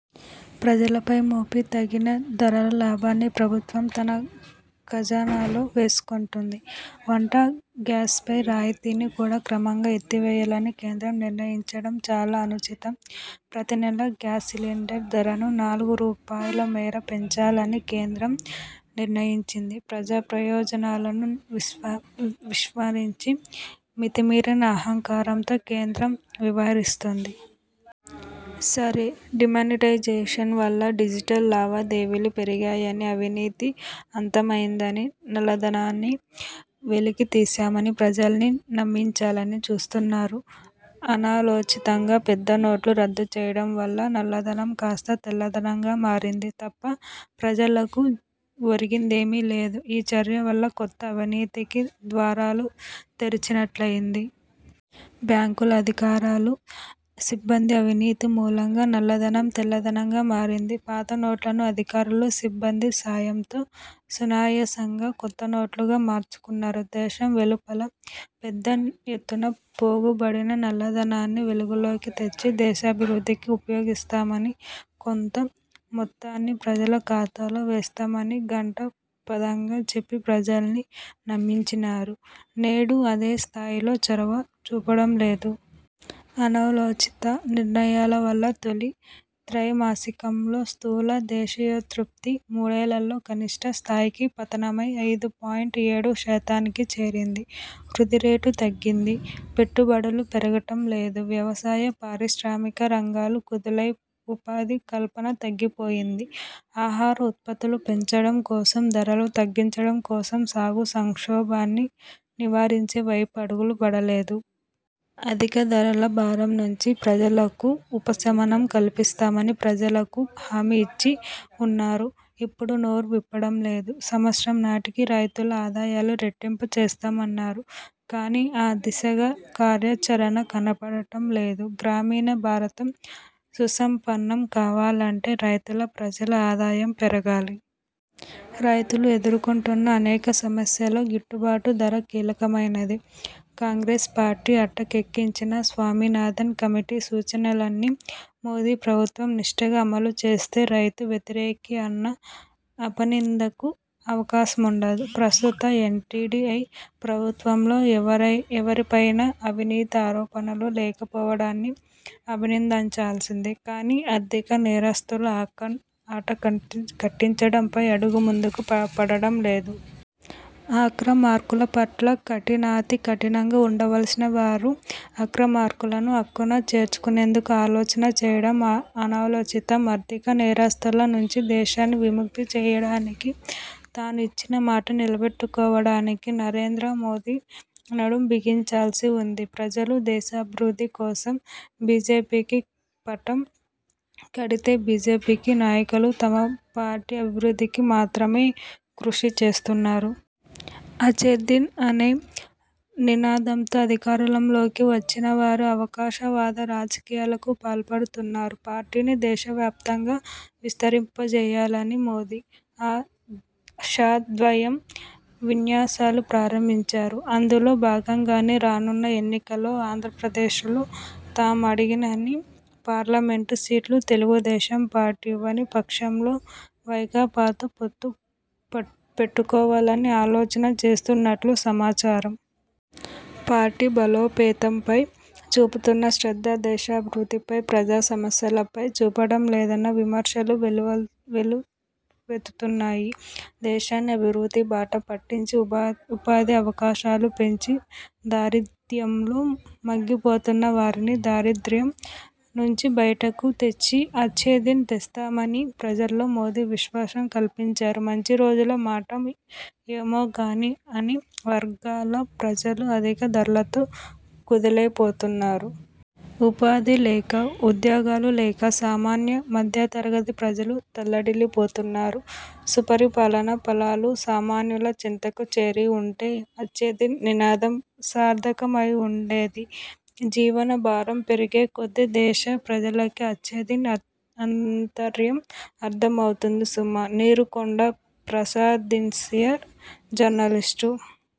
ప్రజలపై మోపి తగ్గిన ధరల లాభాన్ని ప్రభుత్వం తన ఖజానాలో వేసుకొంటుంది. వంట గ్యాస్పై రాయితీని కూడా క్రమంగా ఎత్తివేయాలని కేంద్రం నిర్ణయించడం చాలా అనుచితం. ప్రతినెలా గ్యాస్ సిలెండర్ ధరను నాలుగు రూపాయలుమేర పెంచాలని కేంద్రం నిర్ణయించింది. ప్రజాప్రయోజనాలను విస్మరించి మితిమీరిన అహంకారంతో కేంద్రం వ్యవహరిస్తోంది. సరే, డిమానిటైజేషన్ వల్ల డిజిటల్ లావాదేవీలు పెరిగాయని అవినీతి అంతమైందని నల్లధనాన్ని వెలికి తీశామని ప్రజల్ని నమ్మించాలని చూస్తున్నారు. అనాలోచితంగా పెద్ద నోట్లు రద్దు చేయడం వల్ల నల్లధనం కాస్త తెల్లధనంగా మారింది తప్ప ప్రజలకు ఒరిగిందేమీ లేదు. ఈ చర్య వల్ల కొత్త అవినీతికి ద్వారాలు తెరిచినట్లయింది. బ్యాంకుల అధికారులు, సిబ్బంది అవినీతి మూలంగా నల్లధనం తెల్లధనంగా మారింది. పాతనోట్లను అధికారులు సిబ్బంది సాయంతో సునాయాసంగా కొత్త నోట్లుగా మార్చుకున్నారు. దేశం వెలుపల పెద్ద ఎత్తున పోగుబడిన నల్లధనాన్ని వెలుగులోకి తెచ్చి దేశాభివృద్ధికి ఉపయోగిస్తామని, కొంత మొత్తాన్ని ప్రజల ఖాతాల్లో వేస్తామని ఘంటాపథంగా చెప్పి ప్రజల్ని నమ్మించినవారు నేడు అదే స్థాయిలో చొరవ చూపడంలేదు. అనాలోచిత నిర్ణయాల వల్ల తొలి త్రైమాసికంలో స్థూల దేశీయోత్పత్తి మూడేళ్ళలో కనిష్ఠ స్థాయికి పతనమై ఐదు పాయింట్ ఏడుశాతానికి చేరింది. వృద్ధిరేటు తగ్గింది. పెట్టుబడులు పెరగటంలేదు. వ్యవసాయ, పారిశ్రామిక రంగాలు కుదేలై ఉపాధి కల్పన తగ్గిపోయింది. ఆహార ఉత్పత్తులు పెంచడం కోసం, ధరలు తగ్గించడం కోసం సాగు సంక్షోభాన్ని నివారించే వైపు అడుగులు పడలేదు. అధిక ధరల భారం నుంచి ప్రజలకు ఉపశమనం కల్పిస్తామని ప్రజలకు హామీ ఇచ్చి ఉన్నారు. ఇప్పుడు నోరు విప్పడం లేదు. సంవత్సరం నాటికి రైతుల ఆదాయాలు రెట్టింపు చేస్తామన్నారు. కానీ ఆ దిశగా కార్యాచరణ కనపడటంలేదు. గ్రామీణ భారతం సుసంపన్నం కావాలంటే రైతుల, ప్రజల ఆదాయం పెరగాలి. రైతులు ఎదుర్కొంటున్న అనేక సమస్యల్లో గిట్టుబాటు ధర కీలకమైనది. కాంగ్రెస్ పార్టీ అటకెక్కించిన స్వామినాథన్ కమిటీ సూచనలని మోదీ ప్రభుత్వం నిష్ఠగా అమలుచేస్తే రైతు వ్యతిరేకి అన్న అపనిందకు అవకాశముండదు. ప్రస్తుత ఎన్డీఏ ప్రభుత్వంలో ఎవరిపైనా అవినీతి ఆరోపణలు లేకపోవడాన్ని అభినందించాల్సిందే. కానీ ఆర్థికనేరస్థుల ఆటకట్టించడంపై అడుగు ముందుకు పడటంలేదు. అక్రమార్కులపట్ల కఠినాతి కఠినంగా ఉండవలసినవారు అక్రమార్కులను అక్కున చేర్చుకునేందుకు ఆలోచన చేయడం అనాలోచితం. ఆర్థిక నేరస్థుల నుంచి దేశాన్ని విముక్తి చేయడానికి తాను ఇచ్చిన మాట నిలబెట్టుకోవడానికి నరేంద్ర మోదీ నడుం బిగించాల్సి ఉంది. ప్రజలు దేశాభివృద్ధి కోసం బీజేపీకి పట్టం కడితే బీజేపీ నాయకులు తమ పార్టీ అభివృద్ధికి మాత్రమే కృషి చేస్తున్నారు! అచ్చేదిన్ అనే నినాదంతో అధికారంలోకి వచ్చినవారు అవకాశవాద రాజకీయాలకు పాల్పడుతున్నారు. పార్టీని దేశవ్యాప్తంగా విస్తరింపజేయాలని మోదీ, షా ద్వయం విన్యాసాలు ప్రారంభించారు. అందులో బాగంగానే రానున్న ఎన్నికల్లో ఆంధ్రప్రదేశ్లో తాము అడిగినన్ని పార్లమెంటు సీట్లు తెలుగుదేశం పార్టీ ఇవ్వని పక్షంలో వైకాపాతో పొత్తు పెట్టుకోవాలని ఆలోచన చేస్తున్నట్లు సమాచారం. పార్టీ బలోపేతంపై చూపుతున్న శ్రద్ధ దేశాభివృద్ధిపై, ప్రజా సమస్యలపై చూపడంలేదన్న విమర్శలు వెల్లువెత్తుతున్నాయి. దేశాన్ని అభివృద్ది బాట పట్టించి ఉపాధి అవకాశాలు పెంచి దారిద్ర్యంలో మగ్గిపోతున్న వారిని, దారిద్ర్యం నుంచి బయటకు తెచ్చి అచ్చేదిన్ తెస్తామని ప్రజల్లో మోదీ విశ్వాసం కల్పించారు. మంచి రోజుల మాట ఏమో గాని అన్ని వర్గాల ప్రజలు అధిక ధరలతో కుదేలైపోతున్నారు. ఉపాధి లేక, ఉద్యోగాలు లేక సామాన్య, మధ్యతరగతి ప్రజలు తల్లడిల్లిపోతున్నారు. సుపరిపాలనా ఫలాలు సామాన్యుల చెంతకు చేరి ఉంటే అచ్చేదిన్ నినాదం సార్థకమైవుండేది. జీవన భారం పెరిగే కొద్ది దేశ ప్రజలకి అచ్చేదిన్ ఆంతర్యం అర్థమవుతుంది సుమా! నీరుకొండ ప్రసాదిన్సియర్జర్నలిస్టు